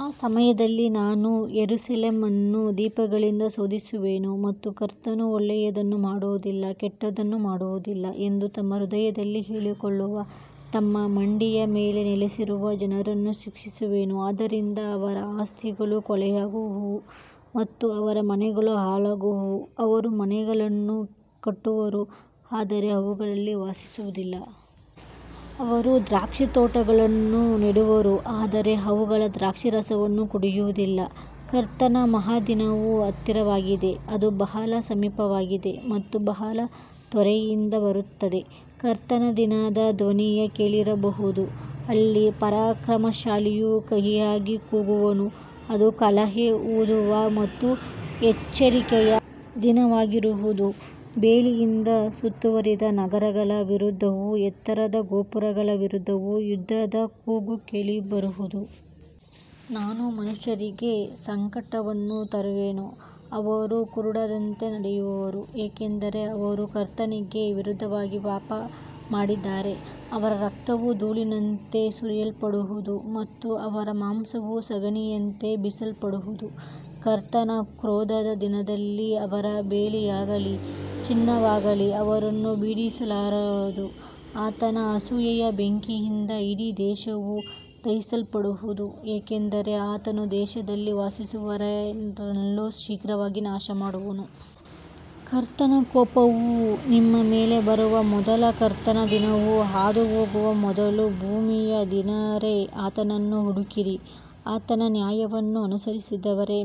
ಆ ಸಮಯದಲ್ಲಿ ನಾನು ಯೆರೂಸಲೇಮನ್ನು ದೀಪಗಳಿಂದ ಶೋಧಿಸುವೆನು ಮತ್ತು ಕರ್ತನು ಒಳ್ಳೆಯದನ್ನು ಮಾಡುವುದಿಲ್ಲ, ಕೆಟ್ಟದ್ದನ್ನೂ ಮಾಡುವುದಿಲ್ಲ ಎಂದು ತಮ್ಮ ಹೃದಯದಲ್ಲಿ ಹೇಳಿಕೊಳ್ಳುವ, ತಮ್ಮ ಮಡ್ಡಿಯ ಮೇಲೆ ನೆಲೆಸಿರುವ ಜನರನ್ನು ಶಿಕ್ಷಿಸುವೆನು. ಆದ್ದರಿಂದ ಅವರ ಆಸ್ತಿಗಳು ಕೊಳ್ಳೆಯಾಗುವವು ಮತ್ತು ಅವರ ಮನೆಗಳು ಹಾಳಾಗುವವು. ಅವರು ಮನೆಗಳನ್ನು ಕಟ್ಟುವರು, ಆದರೆ ಅವುಗಳಲ್ಲಿ ವಾಸಿಸುವುದಿಲ್ಲ. ಅವರು ದ್ರಾಕ್ಷಿತೋಟಗಳನ್ನು ನೆಡುವರು, ಆದರೆ ಅವುಗಳ ದ್ರಾಕ್ಷಾರಸವನ್ನು ಕುಡಿಯುವುದಿಲ್ಲ. ಕರ್ತನ ಮಹಾದಿನವು ಹತ್ತಿರವಾಗಿದೆ, ಅದು ಬಹಳ ಸಮೀಪವಾಗಿದೆ ಮತ್ತು ಬಹಳ ತ್ವರೆಯಿಂದ ಬರುತ್ತದೆ. ಕರ್ತನ ದಿನದ ಧ್ವನಿಯು ಕೇಳಿಬರುವುದು, ಅಲ್ಲಿ ಪರಾಕ್ರಮಶಾಲಿಯು ಕಹಿಯಾಗಿ ಕೂಗುವನು. ಅದು ಕಹಳೆ ಊದುವ ಮತ್ತು ಎಚ್ಚರಿಕೆಯ ದಿನವಾಗಿರುವುದು, ಬೇಲಿಯಿಂದ ಸುತ್ತುವರಿದ ನಗರಗಳ ವಿರುದ್ಧವೂ ಎತ್ತರದ ಗೋಪುರಗಳ ವಿರುದ್ಧವೂ ಯುದ್ಧದ ಕೂಗು ಕೇಳಿಬರುವುದು. ನಾನು ಮನುಷ್ಯರಿಗೆ ಸಂಕಟವನ್ನು ತರುವೆನು, ಅವರು ಕುರುಡರಂತೆ ನಡೆಯುವರು, ಏಕೆಂದರೆ ಅವರು ಕರ್ತನಿಗೆ ವಿರುದ್ಧವಾಗಿ ಪಾಪಮಾಡಿದ್ದಾರೆ. ಅವರ ರಕ್ತವು ಧೂಳಿನಂತೆ ಸುರಿಯಲ್ಪಡುವುದು ಮತ್ತು ಅವರ ಮಾಂಸವು ಸಗಣಿಯಂತೆ ಬಿಸಾಡಲ್ಪಡುವುದು. ಕರ್ತನ ಕ್ರೋಧದ ದಿನದಲ್ಲಿ ಅವರ ಬೆಳ್ಳಿಯಾಗಲಿ ಚಿನ್ನವಾಗಲಿ ಅವರನ್ನು ಬಿಡಿಸಲಾರದು. ಆತನ ಅಸೂಯೆಯ ಬೆಂಕಿಯಿಂದ ಇಡೀ ದೇಶವು ದಹಿಸಲ್ಪಡುವುದು, ಏಕೆಂದರೆ ಆತನು ದೇಶದಲ್ಲಿ ವಾಸಿಸುವವರೆಲ್ಲರನ್ನು ಶೀಘ್ರವಾಗಿ ನಾಶಮಾಡುವನು. ಕರ್ತನ ಕೋಪವು ನಿಮ್ಮ ಮೇಲೆ ಬರುವ ಮೊದಲು, ಕರ್ತನ ದಿನವು ಹಾದುಹೋಗುವ ಮೊದಲು, ಭೂಮಿಯ ದೀನರೇ, ಆತನನ್ನು ಹುಡುಕಿರಿ. ಆತನ ನ್ಯಾಯವನ್ನು ಅನುಸರಿಸಿದವರೇ,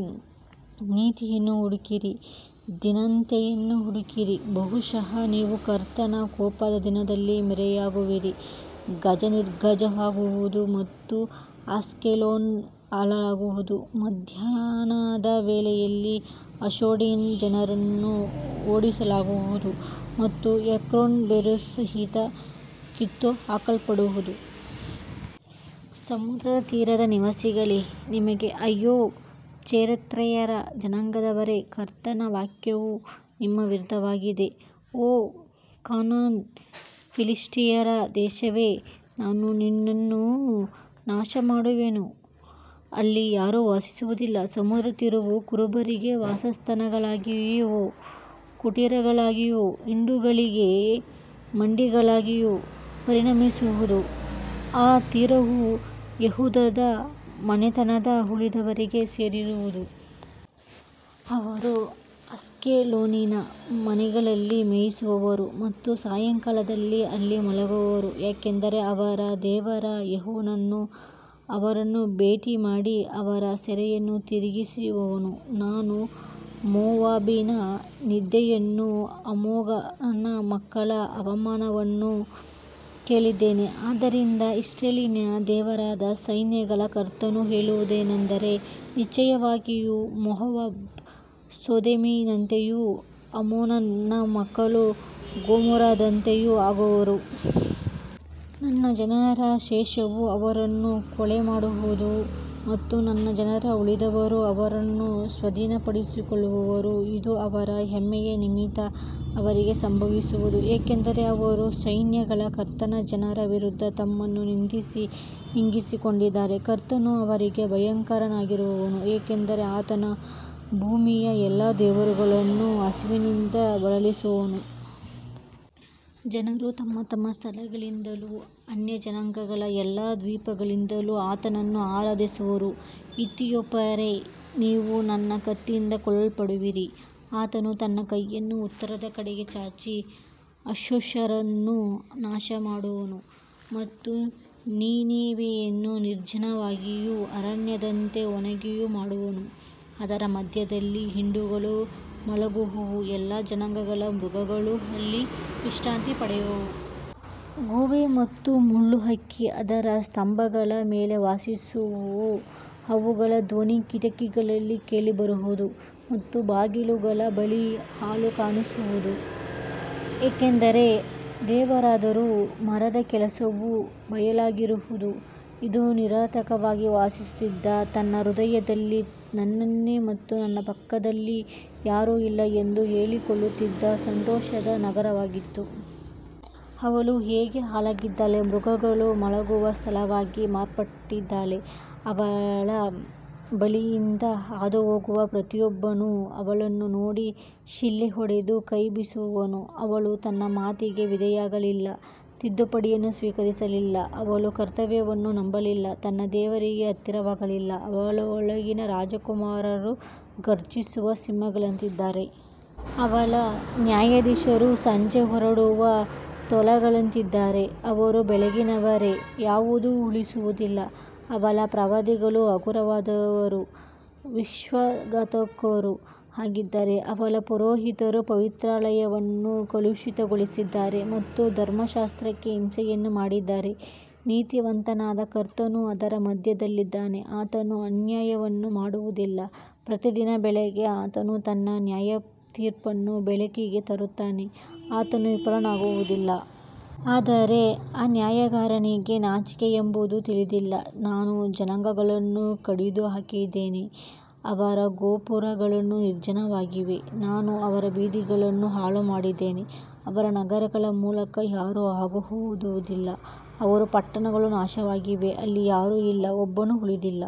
ನೀತಿಯನ್ನು ಹುಡುಕಿರಿ, ದೀನತೆಯನ್ನು ಹುಡುಕಿರಿ. ಬಹುಶಃ ನೀವು ಕರ್ತನ ಕೋಪದ ದಿನದಲ್ಲಿ ಮರೆಯಾಗುವಿರಿ. ಗಾಜಾ ನಿರ್ಜನವಾಗುವುದು ಮತ್ತು ಅಶ್ಕೆಲೋನ್ ಹಾಳಾಗುವುದು. ಮಧ್ಯಾಹ್ನದ ವೇಳೆಯಲ್ಲಿ ಅಷ್ಡೋಡಿನ ಜನರನ್ನು ಓಡಿಸಲಾಗುವುದು ಮತ್ತು ಎಕ್ರೋನ್ ಬೇರುಸಹಿತ ಕಿತ್ತುಹಾಕಲ್ಪಡುವುದು. ಸಮುದ್ರ ತೀರದ ನಿವಾಸಿಗಳೇ, ನಿಮಗೆ ಅಯ್ಯೋ. ಚೆರೆತ್ಯರ ಜನಾಂಗದವರೇ, ಕರ್ತನ ವಾಕ್ಯವು ನಿಮ್ಮ ವಿರುದ್ಧವಾಗಿದೆ. ಓ ಕಾನಾನ್, ಫಿಲಿಷ್ಟಿಯರ ದೇಶವೇ, ನಾನು ನಿನ್ನನ್ನು ನಾಶಮಾಡುವೆನು, ಅಲ್ಲಿ ಯಾರೂ ವಾಸಿಸುವುದಿಲ್ಲ. ಸಮುದ್ರ ತೀರವು ಕುರುಬರಿಗೆ ವಾಸಸ್ಥಾನಗಳಾಗಿಯೂ ಕುಟೀರಗಳಾಗಿಯೂ ಹಿಂಡುಗಳಿಗೆ ಮಡಿಗಳಾಗಿಯೂ ಪರಿಣಮಿಸುವುದು. ಆ ತೀರವು ಯೆಹೂದದ ಮನೆತನದ ಉಳಿದವರಿಗೆ ಸೇರಿರುವುದು. ಅವರು ಅಶ್ಕೆಲೋನಿನ ಮನೆಗಳಲ್ಲಿ ಮೇಯಿಸುವರು ಮತ್ತು ಸಾಯಂಕಾಲದಲ್ಲಿ ಅಲ್ಲಿ ಮಲಗುವರು, ಏಕೆಂದರೆ ಅವರ ದೇವರಾದ ಯೆಹೋವನು ಅವರನ್ನು ಭೇಟಿಮಾಡಿ ಅವರ ಸೆರೆಯನ್ನು ತಿರುಗಿಸುವನು. ನಾನು ಮೋವಾಬಿನ ನಿಂದೆಯನ್ನೂ ಅಮ್ಮೋನನ ಮಕ್ಕಳ ಅವಮಾನವನ್ನೂ ಕೇಳಿದ್ದೇನೆ. ಆದ್ದರಿಂದ ಇಸ್ರಾಯೇಲಿನ ದೇವರಾದ ಸೈನ್ಯಗಳ ಕರ್ತನು ಹೇಳುವುದೇನೆಂದರೆ, ನಿಶ್ಚಯವಾಗಿ ಮೋವಾಬ್ ಸೊದೋಮಿನಂತೆಯೂ ಅಮ್ಮೋನನ ಮಕ್ಕಳು ಗೊಮೋರದಂತೆಯೂ ಆಗುವರು. ನನ್ನ ಜನರ ಶೇಷವು ಅವರನ್ನು ಕೊಳ್ಳೆಮಾಡುವುದು ಮತ್ತು ನನ್ನ ಜನರ ಉಳಿದವರು ಅವರನ್ನು ಸ್ವಾಧೀನಪಡಿಸಿಕೊಳ್ಳುವರು. ಇದು ಅವರ ಹೆಮ್ಮೆಯ ನಿಮಿತ್ತ ಅವರಿಗೆ ಸಂಭವಿಸುವುದು, ಏಕೆಂದರೆ ಅವರು ಸೈನ್ಯಗಳ ಕರ್ತನ ಜನರ ವಿರುದ್ಧ ತಮ್ಮನ್ನು ನಿಂದಿಸಿ ಹಿಗ್ಗಿಸಿಕೊಂಡಿದ್ದಾರೆ. ಕರ್ತನು ಅವರಿಗೆ ಭಯಂಕರನಾಗಿರುವನು, ಏಕೆಂದರೆ ಆತನು ಭೂಮಿಯ ಎಲ್ಲಾ ದೇವರುಗಳನ್ನು ಹಸಿವಿನಿಂದ ಬಳಲಿಸುವನು. ಜನರು ತಮ್ಮ ತಮ್ಮ ಸ್ಥಳಗಳಿಂದಲೂ ಅನ್ಯಜನಾಂಗಗಳ ಎಲ್ಲಾ ದ್ವೀಪಗಳಿಂದಲೂ ಆತನನ್ನು ಆರಾಧಿಸುವರು. ಇಥಿಯೋಪಿಯರೇ, ನೀವು ನನ್ನ ಕತ್ತಿಯಿಂದ ಕೊಲ್ಲಲ್ಪಡುವಿರಿ. ಆತನು ತನ್ನ ಕೈಯನ್ನು ಉತ್ತರದ ಕಡೆಗೆ ಚಾಚಿ ಅಶ್ಶೂರವನ್ನು ನಾಶಮಾಡುವನು ಮತ್ತು ನಿನೆವೆಯನ್ನು ನಿರ್ಜನವಾಗಿಯೂ ಅರಣ್ಯದಂತೆ ಒಣಗಿಯೂ ಮಾಡುವನು. ಅದರ ಮಧ್ಯದಲ್ಲಿ ಹಿಂಡುಗಳು ಮಲಗುವವು, ಎಲ್ಲಾ ಜನಾಂಗಗಳ ಮೃಗಗಳು ಅಲ್ಲಿ ವಿಶ್ರಾಂತಿ ಪಡೆಯುವವು. ಗೂಬೆ ಮತ್ತು ಮುಳ್ಳುಹಕ್ಕಿ ಅದರ ಸ್ತಂಭಗಳ ಮೇಲೆ ವಾಸಿಸುವವು. ಅವುಗಳ ಧ್ವನಿಯು ಕಿಟಕಿಗಳಲ್ಲಿ ಕೇಳಿಬರುವುದು ಮತ್ತು ಬಾಗಿಲುಗಳ ಬಳಿ ಹಾಳು ಕಾಣಿಸುವುದು, ಏಕೆಂದರೆ ದೇವದಾರು ಮರದ ಕೆಲಸವು ಬಯಲಾಗಿರುವುದು. ಇದು ನಿರಾತಂಕವಾಗಿ ವಾಸಿಸುತ್ತಿದ್ದ, ತನ್ನ ಹೃದಯದಲ್ಲಿ, ನಾನೇ ಮತ್ತು ನನ್ನ ಪಕ್ಕದಲ್ಲಿ ಯಾರೂ ಇಲ್ಲ ಎಂದು ಹೇಳಿಕೊಳ್ಳುತ್ತಿದ್ದ ಸಂತೋಷದ ನಗರವಾಗಿತ್ತು. ಅವಳು ಹೇಗೆ ಹಾಳಾಗಿದ್ದಾಳೆ, ಮೃಗಗಳು ಮಲಗುವ ಸ್ಥಳವಾಗಿ ಮಾರ್ಪಟ್ಟಿದ್ದಾಳೆ. ಅವಳ ಬಳಿಯಿಂದ ಹಾದುಹೋಗುವ ಪ್ರತಿಯೊಬ್ಬನೂ ಅವಳನ್ನು ನೋಡಿ ಶಿಳ್ಳೆ ಹೊಡೆದು ಕೈ ಬೀಸುವನು. ಅವಳು ತನ್ನ ಮಾತಿಗೆ ವಿಧೇಯಳಾಗಲಿಲ್ಲ, ತಿದ್ದುಪಡಿಯನ್ನು ಸ್ವೀಕರಿಸಲಿಲ್ಲ. ಅವಳು ಕರ್ತನನ್ನು ನಂಬಲಿಲ್ಲ, ತನ್ನ ದೇವರಿಗೆ ಹತ್ತಿರವಾಗಲಿಲ್ಲ. ಅವಳೊಳಗಿನ ರಾಜಕುಮಾರರು ಘರ್ಜಿಸುವ ಸಿಂಹಗಳಂತಿದ್ದಾರೆ. ಅವಳ ನ್ಯಾಯಾಧೀಶರು ಸಂಜೆ ಹೊರಡುವ ತೋಳಗಳಂತಿದ್ದಾರೆ, ಅವರು ಬೆಳಗ್ಗಿನವರೆಗೆ ಯಾವುದನ್ನೂ ಉಳಿಸುವುದಿಲ್ಲ. ಅವಳ ಪ್ರವಾದಿಗಳು ಹಗುರವಾದವರೂ ವಿಶ್ವಾಸಘಾತುಕರೂ ಆಗಿದ್ದಾರೆ. ಅವಳ ಪುರೋಹಿತರು ಪವಿತ್ರಾಲಯವನ್ನು ಕಲುಷಿತಗೊಳಿಸಿದ್ದಾರೆ ಮತ್ತು ಧರ್ಮಶಾಸ್ತ್ರಕ್ಕೆ ಹಿಂಸೆಯನ್ನು ಮಾಡಿದ್ದಾರೆ. ನೀತಿವಂತನಾದ ಕರ್ತನು ಅದರ ಮಧ್ಯದಲ್ಲಿದ್ದಾನೆ, ಆತನು ಅನ್ಯಾಯವನ್ನು ಮಾಡುವುದಿಲ್ಲ. ಪ್ರತಿದಿನ ಬೆಳಿಗ್ಗೆ ಆತನು ತನ್ನ ನ್ಯಾಯತೀರ್ಪನ್ನು ಬೆಳಕಿಗೆ ತರುತ್ತಾನೆ, ಆತನು ವಿಫಲನಾಗುವುದಿಲ್ಲ. ಆದರೆ ಅನ್ಯಾಯಗಾರನಿಗೆ ನಾಚಿಕೆಯೆಂಬುದು ತಿಳಿದಿಲ್ಲ. ನಾನು ಜನಾಂಗಗಳನ್ನು ಕಡಿದುಹಾಕಿದ್ದೇನೆ, ಅವರ ಗೋಪುರಗಳು ನಿರ್ಜನವಾಗಿವೆ. ನಾನು ಅವರ ಬೀದಿಗಳನ್ನು ಹಾಳುಮಾಡಿದ್ದೇನೆ, ಅವರ ನಗರಗಳ ಮೂಲಕ ಯಾರೂ ಹಾದುಹೋಗುವುದಿಲ್ಲ. ಅವರ ಪಟ್ಟಣಗಳು ನಾಶವಾಗಿವೆ, ಅಲ್ಲಿ ಯಾರೂ ಇಲ್ಲ, ಒಬ್ಬನೂ ಉಳಿದಿಲ್ಲ.